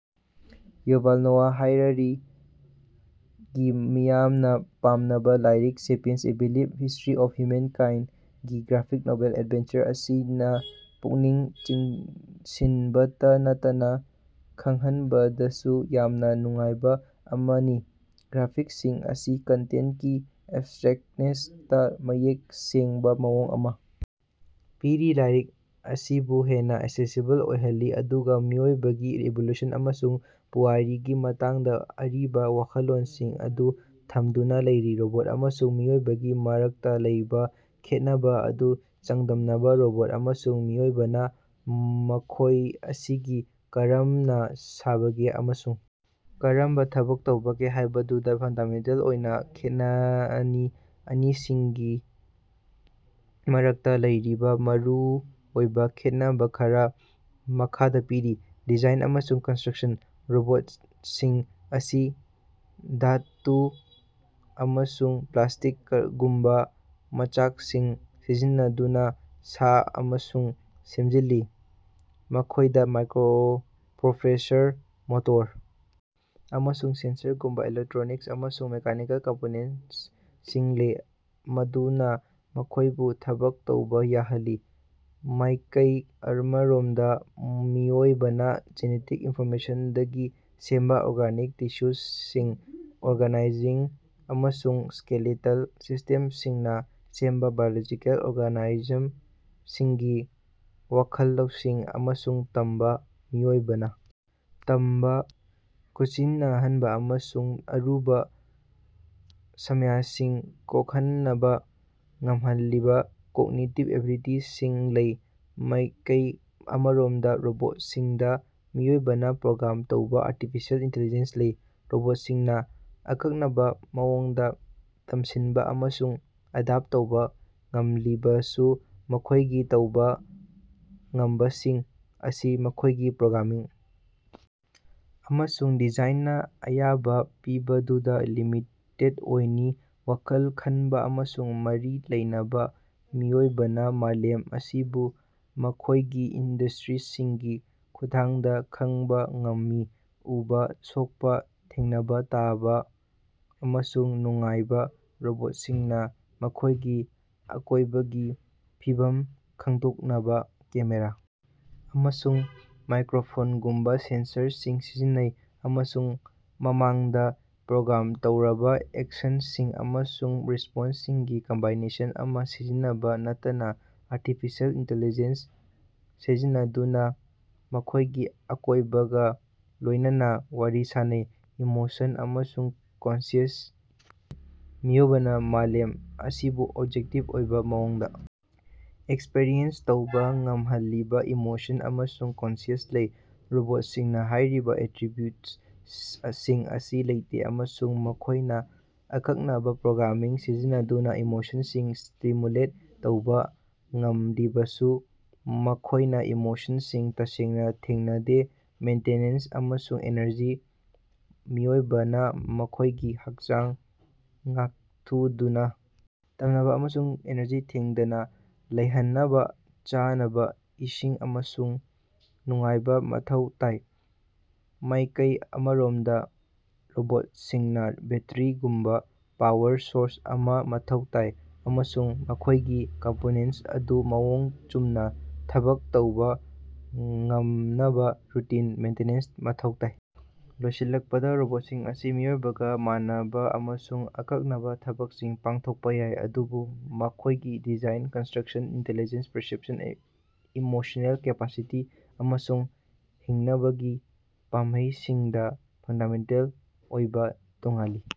Yuval Noah ꯍꯔꯥꯔꯤꯒꯤ ꯃꯤꯌꯥꯝꯅ ꯄꯥꯝꯅꯕ ꯂꯥꯏꯔꯤꯛ Sapiens - a brief history of ꯍ꯭ꯌꯨꯃꯦꯟꯀꯥꯏꯟꯗ ꯒꯤ ꯒ꯭ꯔꯥꯐꯤꯛ ꯅꯣꯚꯦꯜ ꯑꯦꯗꯕꯦꯟꯆꯔ ꯑꯁꯤꯅ‌ ꯄꯨꯛꯅꯤꯡ ꯆꯤꯡꯁꯤꯟꯕꯇꯥ ꯅꯠꯇꯅꯥ ꯈꯪꯍꯟꯕꯗꯁꯨ ꯌꯥꯝꯅ ꯅꯨꯡꯉꯥꯏꯕ ꯑꯃꯅꯤ꯫ ꯒ꯭ꯔꯥꯐꯤꯛꯁꯁꯤꯡ ꯑꯁꯤꯅ ꯀꯟꯇꯦꯟꯇꯀꯤ ꯑꯦꯕꯁꯇ꯭ꯔꯦꯛꯇꯅꯦꯁꯇꯥ ꯃꯌꯦꯛ ꯁꯦꯡꯕ ꯃꯑꯣꯡ ꯑꯃ ꯄꯤꯔꯤ, ꯂꯥꯏꯔꯤꯛ ꯑꯁꯤꯕꯨ ꯍꯦꯟꯅ ꯑꯦꯛꯁꯦꯁꯤꯕꯜ ꯑꯣꯏꯍꯜꯂꯤ, ꯑꯗꯨꯒ ꯃꯤꯑꯣꯏꯕꯒꯤ ꯏꯚꯣꯂꯨꯁꯟ ꯑꯃꯁꯨꯡ ꯄꯨꯋꯥꯔꯤꯒꯤ ꯃꯇꯥꯡꯗ ꯑꯔꯤꯕ ꯋꯥꯈꯜꯂꯣꯟꯁꯤꯡ ꯑꯗꯨ ꯊꯝꯗꯨꯅ ꯂꯩꯔꯤ꯫ ꯔꯣꯕꯣꯠ ꯑꯃꯁꯨꯡ ꯃꯤꯑꯣꯏꯕꯒꯤ ꯃꯔꯛꯇ ꯂꯩꯔꯤꯕ ꯈꯦꯠꯅꯕ ꯑꯗꯨ ꯆꯥꯡꯗꯝꯅꯕ꯫ ꯔꯣꯕꯣꯠ ꯑꯃꯁꯨꯡ ꯃꯤꯑꯣꯏꯕꯅꯥ ꯃꯈꯣꯏ ꯑꯁꯤ ꯀꯔꯝꯅ ꯁꯥꯕꯒꯦ ꯑꯃꯁꯨꯡ ꯀꯔꯝꯕ ꯊꯕꯛ ꯇꯧꯕꯒꯦ ꯍꯥꯏꯕꯗꯨꯗ ꯐꯟꯗꯥꯃꯦꯟꯇꯦꯜ ꯑꯣꯏꯅ ꯈꯦꯠꯅꯩ꯫ ꯑꯅꯤꯁꯤꯒꯤ ꯃꯔꯛꯇ ꯂꯩꯔꯤꯕ ꯃꯔꯨꯑꯣꯏꯕ ꯈꯦꯠꯅꯕꯥ ꯈꯔꯥ ꯃꯈꯥꯗ ꯄꯤꯔꯤ - ꯗꯤꯖꯥꯏꯟ ꯑꯃꯁꯨꯡ ꯀꯟꯁꯇ꯭ꯔꯛꯁꯟ - ꯔꯣꯕꯣꯠꯁꯤꯡ ꯑꯁꯤ ꯙꯥꯇꯨ ꯑꯃꯁꯨꯡ ꯄ꯭ꯂꯥꯁꯇꯤꯛꯒꯨꯝꯕ ꯃꯆꯥꯛꯁꯤꯡ ꯁꯤꯖꯤꯟꯅꯗꯨꯅꯥ ꯁꯥ ꯑꯃꯁꯨꯡ ꯁꯦꯝꯖꯤꯜꯂꯤ꯫ ꯃꯈꯣꯏꯗ ꯃꯥꯏꯀ꯭ꯔꯣꯄ꯭ꯔꯣꯁꯦꯁꯔ, ꯃꯣꯇꯣꯔ, ꯑꯃꯁꯨꯡ ꯁꯦꯟꯁꯔꯒꯨꯝꯕ ꯏꯂꯦꯛꯇ꯭ꯔꯣꯅꯤꯛ ꯑꯃꯁꯨꯡ ꯃꯦꯀꯥꯅꯤꯀꯦꯜ ꯀꯝꯄꯣꯅꯦꯟꯇꯁꯤꯡ ꯂꯩ ꯃꯗꯨꯅ ꯃꯈꯣꯏꯕꯨ ꯊꯕꯛ ꯇꯧꯕ ꯌꯥꯍꯜꯂꯤ꯫ ꯃꯥꯏꯀꯩ ꯑꯃꯔꯣꯝꯗ ꯃꯤꯑꯣꯏꯕꯅ ꯖꯤꯅꯦꯇꯤꯛ ꯏꯟꯐꯣꯔꯃꯦꯁꯟꯗꯒꯤ ꯁꯦꯝꯕ ꯑꯣꯔꯒꯥꯅꯤꯛ ꯇꯤꯁꯨꯁꯤꯡ, ꯑꯣꯔꯒꯥꯟꯁꯤꯡ ꯑꯃꯁꯨꯡ ꯁ꯭ꯀꯦꯂꯦꯇꯜ ꯁꯤꯁꯇꯦꯝꯁꯤꯡꯅ ꯁꯦꯝꯕ ꯕꯥꯏꯑꯣꯂꯣꯖꯤꯀꯦꯜ ꯑꯣꯔꯒꯥꯅꯤꯖꯝꯁꯤꯡꯅꯤ꯫ ꯋꯥꯈꯜ ꯂꯧꯁꯤꯡ ꯑꯃꯁꯨꯡ ꯇꯝꯕꯥ - ꯃꯤꯑꯣꯏꯕꯅꯥ ꯇꯝꯕ, ꯀꯨꯁꯤꯟꯅꯍꯟꯕ ꯑꯃꯁꯨꯡ ꯑꯔꯨꯕ ꯁꯃꯁ꯭ꯌꯥꯁꯤꯡ ꯀꯣꯛꯍꯟꯕ ꯉꯝꯍꯜꯂꯤꯕ ꯀꯣꯒꯅꯤꯇꯤꯕ ꯑꯦꯕꯤꯂꯤꯇꯤꯁꯤꯡ ꯂꯩ꯫ ꯃꯥꯏꯀꯩ ꯑꯃꯔꯣꯝꯗ ꯔꯣꯕꯣꯠꯁꯤꯡꯗ ꯃꯤꯑꯣꯏꯕꯅꯥ ꯄ꯭ꯔꯣꯒ꯭ꯔꯥꯝ ꯇꯧꯕ ꯑꯥꯔꯇꯤꯐꯤꯁꯤꯑꯦꯜ ꯏꯟꯇꯤꯂꯤꯖꯦꯟꯁ ꯂꯩ꯫ ꯔꯣꯕꯣꯠꯁꯤꯡꯅ ꯑꯀꯛꯅꯕꯥ ꯃꯑꯣꯡꯗ ꯇꯝꯁꯤꯟꯕ ꯑꯃꯁꯨꯡ ꯑꯦꯗꯞꯇꯦꯠ ꯇꯧꯕ ꯉꯝꯂꯕꯁꯨ, ꯃꯈꯣꯏꯒꯤ ꯇꯧꯕ ꯉꯝꯕꯁꯤꯡ ꯑꯁꯤ ꯃꯈꯣꯏꯒꯤ ꯄ꯭ꯔꯣꯒ꯭ꯔꯥꯃꯤꯡ ꯑꯃꯁꯨꯡ ꯗꯤꯖꯥꯏꯟꯅ ꯑꯌꯥꯕ ꯄꯤꯕꯗꯨꯗ ꯂꯤꯃꯤꯇꯦꯗ ꯑꯣꯏ꯫ ꯋꯥꯈꯜ ꯈꯟꯕ ꯑꯃꯁꯨꯡ ꯃꯔꯤ ꯂꯩꯅꯕꯥ - ꯃꯤꯑꯣꯏꯕꯅ ꯃꯥꯂꯦꯝ ꯑꯁꯤꯕꯨ ꯃꯈꯣꯏꯒꯤ ꯏꯟꯗ꯭ꯔꯤꯁꯤꯡꯒꯤ ꯈꯨꯠꯊꯥꯡꯗ ꯈꯪꯕ ꯉꯝꯃꯤ - ꯎꯕꯥ, ꯁꯣꯛꯄ, ꯊꯦꯡꯅꯕꯥ, ꯇꯥꯕ ꯑꯃꯁꯨꯡ ꯅꯨꯡꯉꯥꯏꯕ꯫ ꯔꯣꯕꯣꯠꯁꯤꯡꯅ ꯃꯈꯣꯏꯒꯤ ꯑꯀꯣꯏꯕꯒꯤ ꯐꯤꯕꯝ ꯈꯪꯗꯣꯛꯅꯕꯥ ꯀꯦꯃꯦꯔꯥ ꯑꯃꯁꯨꯡ ꯃꯥꯏꯀ꯭ꯔꯣꯐꯣꯟꯒꯨꯝꯕ ꯁꯦꯟꯁꯔꯁꯤꯡ ꯁꯤꯖꯤꯟꯅꯩ ꯑꯃꯁꯨꯡ ꯃꯃꯥꯡꯗ ꯄ꯭ꯔꯣꯒ꯭ꯔꯥꯝ ꯇꯧꯔꯕꯥ ꯑꯦꯛꯁꯟꯁꯤꯡ ꯑꯃꯁꯨꯡ ꯔꯦꯁꯄꯣꯟꯁꯁꯤꯡꯒꯤ ꯀꯝꯕꯤꯅꯦꯁꯟ ꯑꯃ ꯁꯤꯖꯤꯟꯅꯕꯇꯥ ꯅꯠꯇꯅꯥ ꯑꯥꯔꯇꯤꯐꯤꯁꯤꯑꯦꯜ ꯏꯟꯇꯤꯂꯤꯖꯦꯟꯁ ꯁꯤꯖꯤꯟꯅꯗꯨꯅ ꯃꯈꯣꯏꯒꯤ ꯑꯀꯣꯏꯕꯒ ꯂꯣꯏꯅꯅꯥ ꯋꯥꯔꯤ ꯁꯥꯅꯩ꯫ ꯏꯃꯣꯁꯟ ꯑꯃꯁꯨꯡ ꯀꯟꯁꯤꯌꯟꯁ - ꯃꯤꯑꯣꯏꯕꯅ ꯃꯥꯂꯦꯝ ꯑꯁꯤꯕꯨ ꯑꯣꯞꯖꯦꯛꯇꯤꯕ ꯑꯣꯏꯕ ꯃꯑꯣꯡꯗ ꯑꯦꯛꯁꯄꯔꯤꯑꯦꯟꯁ ꯇꯧꯕ ꯉꯝꯍꯜꯂꯤꯕ ꯏꯃꯣꯁꯟ ꯑꯃꯁꯨꯡ ꯀꯟꯁꯤꯌꯟꯁ ꯂꯩ꯫ ꯔꯣꯕꯣꯠꯁꯤꯡꯅ ꯍꯥꯏꯔꯤꯕ ꯑꯦꯇꯔꯤꯕ꯭ꯌꯨꯠꯁꯤꯡ ꯑꯁꯤ ꯂꯩꯇꯦ, ꯑꯃꯁꯨꯡ ꯃꯈꯣꯏꯅ ꯑꯀꯛꯅꯕꯥ ꯄ꯭ꯔꯣꯒ꯭ꯔꯥꯃꯤꯡ ꯁꯤꯖꯤꯟꯅꯗꯨꯅ ꯏꯃꯣꯁꯟꯁꯤꯡ ꯁꯤꯃꯨꯂꯦꯠ ꯇꯧꯕ ꯉꯝꯂꯕꯁꯨ, ꯃꯈꯣꯏꯅ ꯏꯃꯣꯁꯟꯁꯤꯡ ꯇꯁꯦꯡꯅ ꯊꯦꯡꯅꯗꯦ꯫ ꯃꯦꯟꯇꯦꯅꯦꯟꯁ ꯑꯃꯁꯨꯡ ꯏꯅꯔꯖꯤ - ꯃꯤꯑꯣꯏꯕꯅ ꯃꯈꯣꯏꯒꯤ ꯍꯛꯆꯥꯡ ꯉꯥꯛꯊꯨꯗꯨꯅ ꯊꯝꯅꯕ ꯑꯃꯁꯨꯡ ꯏꯅꯔꯖꯤ ꯂꯦꯡꯗꯅ ꯂꯩꯍꯟꯅꯕꯥ ꯆꯥꯅꯕ, ꯏꯁꯤꯡ ꯑꯃꯁꯨꯡ ꯅꯨꯡꯉꯥꯏꯕ ꯃꯊꯧ ꯇꯥꯏ꯫ ꯃꯥꯏꯀꯩ ꯑꯃꯔꯣꯝꯗ ꯔꯣꯕꯣꯠꯁꯤꯡꯅ ꯕꯦꯠꯇ꯭ꯔꯤꯒꯨꯝꯕ ꯄꯥꯋꯔ ꯁꯣꯔꯁ ꯑꯃ ꯃꯊꯧ ꯇꯥꯏ, ꯑꯃꯁꯨꯡ ꯃꯈꯣꯏꯒꯤ ꯀꯝꯄꯣꯅꯦꯟꯇꯁꯤꯡ ꯑꯗꯨ ꯃꯑꯣꯡ ꯆꯨꯝꯅ ꯊꯕꯛ ꯇꯧꯕ ꯉꯝꯅꯕ ꯔꯨꯇꯤꯟ ꯃꯦꯟꯇꯦꯅꯦꯟꯁ ꯃꯊꯧ ꯇꯥꯏ꯫ ꯂꯣꯏꯁꯤꯜꯂꯛꯄꯗ, ꯔꯣꯕꯣꯠꯁꯤꯡ ꯑꯁꯤ ꯃꯤꯑꯣꯏꯕꯒ ꯃꯥꯟꯅꯕꯥ ꯑꯃꯁꯨꯡ ꯑꯀꯛꯅꯕꯥ ꯊꯕꯛꯁꯤꯡ ꯄꯥꯡꯊꯣꯛꯄ ꯌꯥꯏ, ꯑꯗꯨꯕꯨ ꯃꯈꯣꯏꯒꯤ design, construction, intelligence, perception, emotional capacity ꯑꯃꯁꯨꯡ ꯍꯤꯡꯅꯕꯒꯤ ꯄꯥꯝꯕꯩꯁꯤꯡꯗ ꯐꯟꯗꯥꯃꯦꯟꯇꯦꯜ ꯑꯣꯏꯅ ꯇꯣꯉꯥꯜꯂꯤ꯫